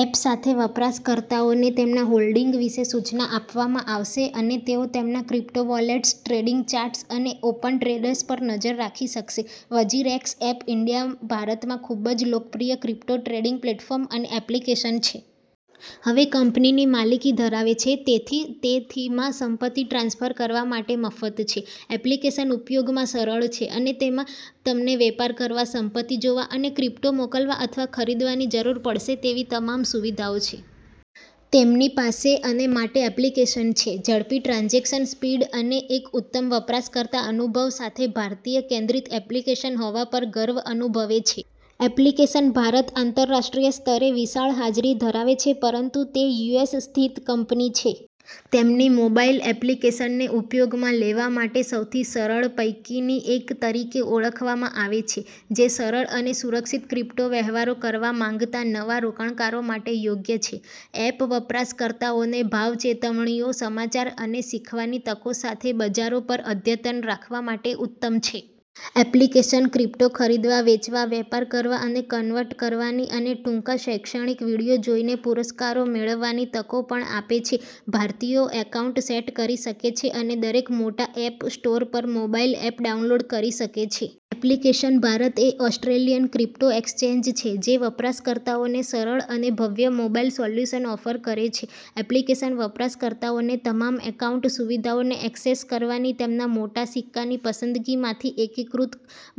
App સાથે, વપરાશકર્તાઓને તેમના હોલ્ડિંગ વિશે સૂચના આપવામાં આવશે અને તેઓ તેમના ક્રિપ્ટો વોલેટ્સ, ટ્રેડિંગ ચાર્ટ્સ અને ઓપન ટ્રેડ્સ પર નજર રાખી શકશે. વઝીરએક્સ એપ ઇન્ડિયા ભારતમાં ખૂબ જ લોકપ્રિય ક્રિપ્ટો ટ્રેડિંગ પ્લેટફોર્મ અને એપ્લિકેશન છે. હવે કંપનીની માલિકી ધરાવે છે, તેથી તે થી માં સંપત્તિ ટ્રાન્સફર કરવા માટે મફત છે. એપ્લિકેશન ઉપયોગમાં સરળ છે અને તેમાં તમને વેપાર કરવા, સંપત્તિ જોવા અને ક્રિપ્ટો મોકલવા અથવા ખરીદવાની જરૂર પડશે તેવી તમામ સુવિધાઓ છે. તેમની પાસે, અને માટે એપ્લિકેશન છે. ઝડપી ટ્રાન્ઝેક્શન સ્પીડ અને એક ઉત્તમ વપરાશકર્તા અનુભવ સાથે ભારતીય-કેન્દ્રિત એપ્લિકેશન હોવા પર ગર્વ અનુભવે છે. એપ્લિકેશન ભારત આંતરરાષ્ટ્રીય સ્તરે વિશાળ હાજરી ધરાવે છે, પરંતુ તે યુએસ સ્થિત કંપની છે. તેમની મોબાઇલ એપ્લિકેશનને ઉપયોગમાં લેવા માટે સૌથી સરળ પૈકીની એક તરીકે ઓળખવામાં આવે છે, જે સરળ અને સુરક્ષિત ક્રિપ્ટો વ્યવહારો કરવા માંગતા નવા રોકાણકારો માટે યોગ્ય છે. એપ વપરાશકર્તાઓને ભાવ ચેતવણીઓ, સમાચાર અને શીખવાની તકો સાથે બજારો પર અદ્યતન રાખવા માટે ઉત્તમ છે. એપ્લિકેશન ક્રિપ્ટો ખરીદવા, વેચવા, વેપાર કરવા અને કન્વર્ટ કરવાની અને ટૂંકા શૈક્ષણિક વીડિયો જોઈને પુરસ્કારો મેળવવાની તકો પણ આપે છે. ભારતીયો એકાઉન્ટ સેટ કરી શકે છે અને દરેક મોટા એપ સ્ટોર પર મોબાઇલ એપ ડાઉનલોડ કરી શકે છે. એપ્લિકેશન ભારત એ ઓસ્ટ્રેલિયન ક્રિપ્ટો એક્સચેન્જ છે જે વપરાશકર્તાઓને સરળ અને ભવ્ય મોબાઇલ સોલ્યુશન ઓફર કરે છે. એપ્લિકેશન વપરાશકર્તાઓને તમામ એકાઉન્ટ સુવિધાઓને ઍક્સેસ કરવાની, તેમના મોટા સિક્કાની પસંદગીમાંથી એકીકૃત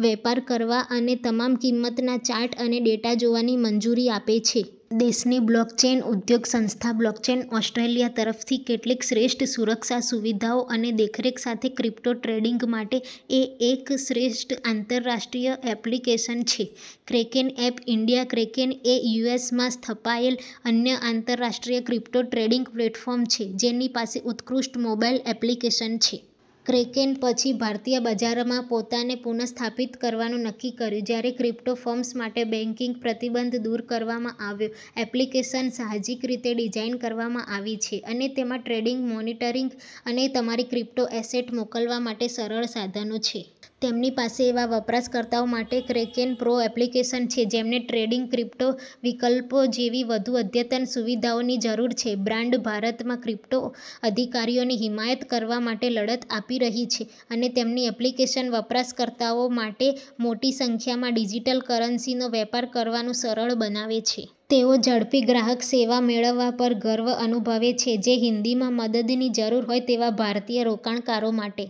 વેપાર કરવા અને તમામ કિંમતના ચાર્ટ અને ડેટા જોવાની મંજૂરી આપે છે. દેશની બ્લોકચેન ઉદ્યોગ સંસ્થા બ્લોકચેન ઓસ્ટ્રેલિયા તરફથી કેટલીક શ્રેષ્ઠ સુરક્ષા સુવિધાઓ અને દેખરેખ સાથે ક્રિપ્ટો ટ્રેડિંગ માટે એ એક શ્રેષ્ઠ આંતરરાષ્ટ્રીય એપ્લિકેશન છે. ક્રેકેન એપ ઈન્ડિયા ક્રેકેન એ યુ. એસ. માં સ્થપાયેલ અન્ય આંતરરાષ્ટ્રીય ક્રિપ્ટો ટ્રેડિંગ પ્લેટફોર્મ છે જેની પાસે ઉત્કૃષ્ટ મોબાઇલ એપ્લિકેશન છે. ક્રેકેને પછી ભારતીય બજારમાં પોતાને પુનઃસ્થાપિત કરવાનું નક્કી કર્યું, જ્યારે ક્રિપ્ટો ફર્મ્સ માટે બેંકિંગ પ્રતિબંધ દૂર કરવામાં આવ્યો. એપ્લિકેશન સાહજિક રીતે ડિઝાઇન કરવામાં આવી છે અને તેમાં ટ્રેડિંગ, મોનિટરિંગ અને તમારી ક્રિપ્ટો એસેટ મોકલવા માટે સરળ સાધનો છે. તેમની પાસે એવા વપરાશકર્તાઓ માટે ક્રેકેન પ્રો એપ્લિકેશન છે જેમને ટ્રેડિંગ ક્રિપ્ટો વિકલ્પો જેવી વધુ અદ્યતન સુવિધાઓની જરૂર છે. બ્રાન્ડ ભારતમાં ક્રિપ્ટો અધિકારોની હિમાયત કરવા માટે લડત આપી રહી છે, અને તેમની એપ્લિકેશન વપરાશકર્તાઓ માટે મોટી સંખ્યામાં ડિજિટલ કરન્સીનો વેપાર કરવાનું સરળ બનાવે છે. તેઓ ઝડપી ગ્રાહક સેવા મેળવવા પર ગર્વ અનુભવે છે, જે હિન્દીમાં મદદની જરૂર હોય તેવા ભારતીય રોકાણકારો માટે